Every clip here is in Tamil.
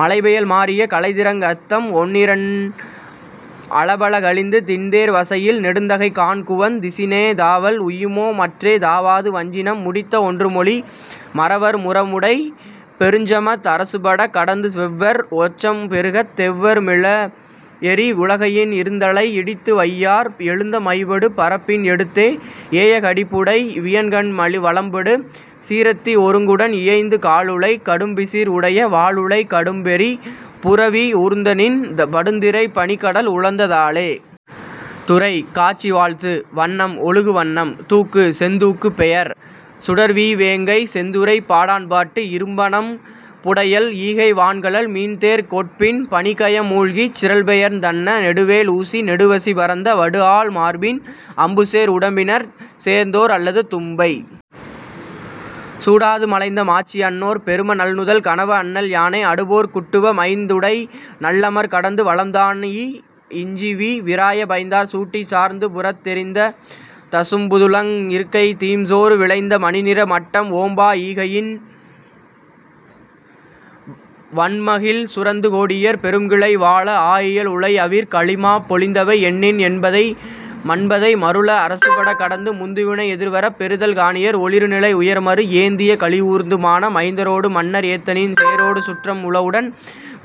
மழைபெயல் மாறிய கழைதிரங் அத்தம் ஒன்இரண் அலபல கழிந்து திண்தேர் வசைஇல் நெடுந்தகை காண்குவந் திசினே தாவல் உய்யுமோ மற்றே தாவாது வஞ்சினம் முடித்த ஒன்றுமொழி மறவர் முரஉடைப் பெருஞ்சமத் அரசுபடக் கடந்து வெவ்வர் ஓச்சம் பெருகத் தெவ்வர் மிளஎறி உலக்கையின் இருந்தலை இடித்து வைஆர்ப் எழுந்த மைபடு பரப்பின் எடுத்தே ஏய கடிப்உடை வியன்கண் வலம்படு சீர்த்தி ஒருங்உடன் இயைந்து கால்உளைக் கடும்பிசிர் உடைய வால்உளைக் கடும்பரிப் புரவி ஊர்ந்தநின் படுந்திரைப் பனிக்கடல் உழந்த தாளே. துறை: காட்சி வாழ்த்து வண்ணம்: ஒழுகு வண்ணம் தூக்கு: செந்தூக்கு பெயர்: சுடர்வீவேங்கை செந்துறைப் பாடாண்பாட்டு இரும்பனம் புடையல் ஈகை வான்கழல் மீன்தேர் கொட்பின் பனிக்கயம் மூழ்கிச் சிரல்பெயர்ந் தன்ன நெடுவெள் ஊசி நெடுவசி பரந்த வடுஆழ் மார்பின் அம்புசேர் உடம்பினர்ச் சேர்ந்தோர் அல்லது தும்பை சூடாது மலைந்த மாட்சி அன்னோர் பெரும நல்நுதல் கணவ அண்ணல் யானை அடுபோர்க் குட்டுவ மைந்உடை நல்அமர்க் கடந்து வலம்தாணஇ இஞ்சிவீ விராய பைந்தார் சூட்டிச் சாந்துபுறத் எறித்த தசும்புதுளங் இருக்கைத் தீம்சேறு விளைந்த மணிநிற மட்டம் ஓம்பா ஈகையின் வண்மகிழ் சுரந்து கோடியர் பெரும்கிளை வாழ ஆஇயல் உளைஅவிர் கலிமாப் பொழிந்தவை எண்ணின் மன்பதை மருள அரசுபடக் கடந்து முந்துவினை எதிர்வரப் பெறுதல் காணியர் ஒளிறுநிலை உயர்மருப் ஏந்திய களிஊர்ந்து மான மைந்தரொடு மன்னர் ஏத்தநின் தேரொடு சுற்றம் உலஉடன்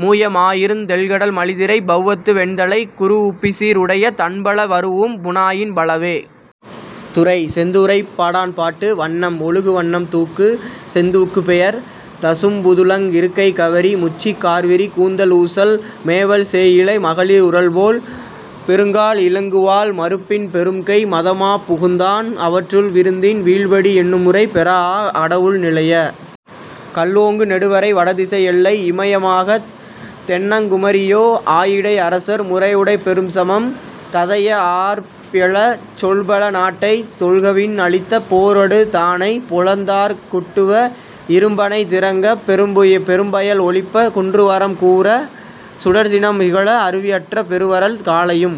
மூய மாஇருந் தெள்கடல் மலிதிரைப் பெளவத்து வெண்தலைக் குரூஉப்பிசிர் உடையத் தண்பல வரூஉம் புணாயின் பலவே. துறை: செந்துறைப் பாடாண்பாட்டு வண்ணம்: ஒழுகு வண்ணம் தூக்கு: செந்தூக்கு பெயர்: தசும்புதுளங் இருக்கை கவரி முச்சிக் கார்விரி கூந்தல் ஊசல் மேவல் சேய்இழை மகளிர் உரல்போல் பெருங்கால் இலங்குவாள் மருப்பின் பெரும்கை மதமாப் புகுதான் அவற்றுள் விருந்தின் வீழ்பிடி எண்ணுமுறை பெறாஅக் கடவுள் நிலைய கல்ஓங்கு நெடுவரை வடதிசை எல்லை இமய மாகத் தென்னங் குமரியொ ஆயிடை அரசர் முரஉடைப் பெரும்சமம் ததைய ஆர்ப்எழச் சொல்பல நாட்டைத் தொல்கவின் அழித்த போர்அடு தானைப் பொலந்தார்க் குட்டுவ இரும்பணை திரங்கப் பெரும்பயல் ஒளிப்பக் குன்றுவறம் கூரச் சுடர்சினம் திகழ அருவிஅற்ற பெருவறல் காலையும்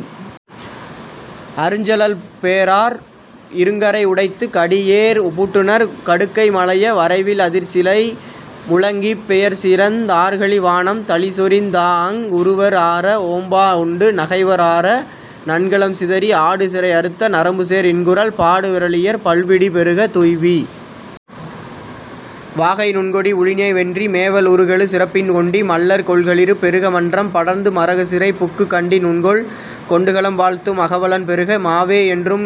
அருஞ்செலல் பேராற் இருங்கரை உடைத்துக் கடிஏர் பூட்டுநர் கடுக்கை மலைய வரைவில் அதிர்சிலை முழங்கிப் பெயல்சிறந் ஆர்கலி வானம் தளிசொரிந் தாஅங் உறுவர் ஆர ஓம்பா உண்டு நகைவர் ஆர நன்கலம் சிதறி ஆடுசிறை அறுத்த நரம்புசேர் இன்குரல் பாடு விறலியர் பல்பிடி பெறுக துய்வீ வாகை நுண்கொடி உழிஞை வென்றி மேவல் உருகெழு சிறப்பின் கொண்டி மள்ளர் கொல்களிறு பெறுக மன்றம் படர்ந்து மறுகுசிறைப் புக்குக் கண்டி நுண்கோல் கொண்டுகளம் வாழ்த்தும் அகவலன் பெறுக மாவே என்றும்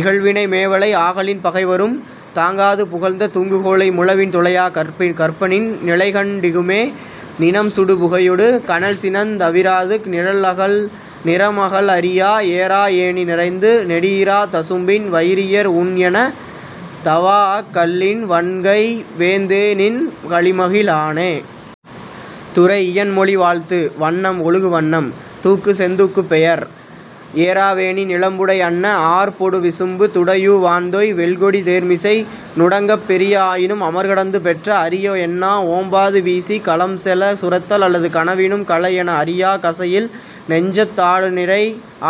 இகல்வினை மேவலை ஆகலின் பகைவரும் தாங்காது புகழ்ந்த தூங்குகொளை முழவின் தொலையாக் கற்பநின் நிலைகண் டிகுமே நிணம்சுடு புகையொடு கனல்சினந் அவிராது நிரம்அகல் அறியா ஏறா ஏணி நிறைந்து நெடிஇராத் தசும்பின் வயிரியர் உண்எனத் தவாஅக் கள்ளின் வண்கை வேந்தேநின் கலிமகி ழானே. துறை: இயன்மொழிவாழ்த்து வண்ணம்: ஒழுகு வண்ணம் தூக்கு: செந்தூக்கு பெயர்: ஏறாவேணி நிலம்புடைப் அன்னஆர்ப் பொடுவிசும்பு துடையூ வான்தோய் வெல்கொடி தேர்மிசை நுடங்கப் பெரிய ஆயினும் அமர்கடந்து பெற்ற அரிய என்னா ஓம்பாது வீசிக் கலம்செலச் சுரத்தல் அல்லது கனவினும் களைஎன அறியாக் கசஇல் நெஞ்சத்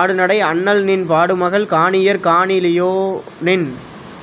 ஆடுநடை அண்ணல்நின் பாடுமகள் காணியர் காணி லியரோநின்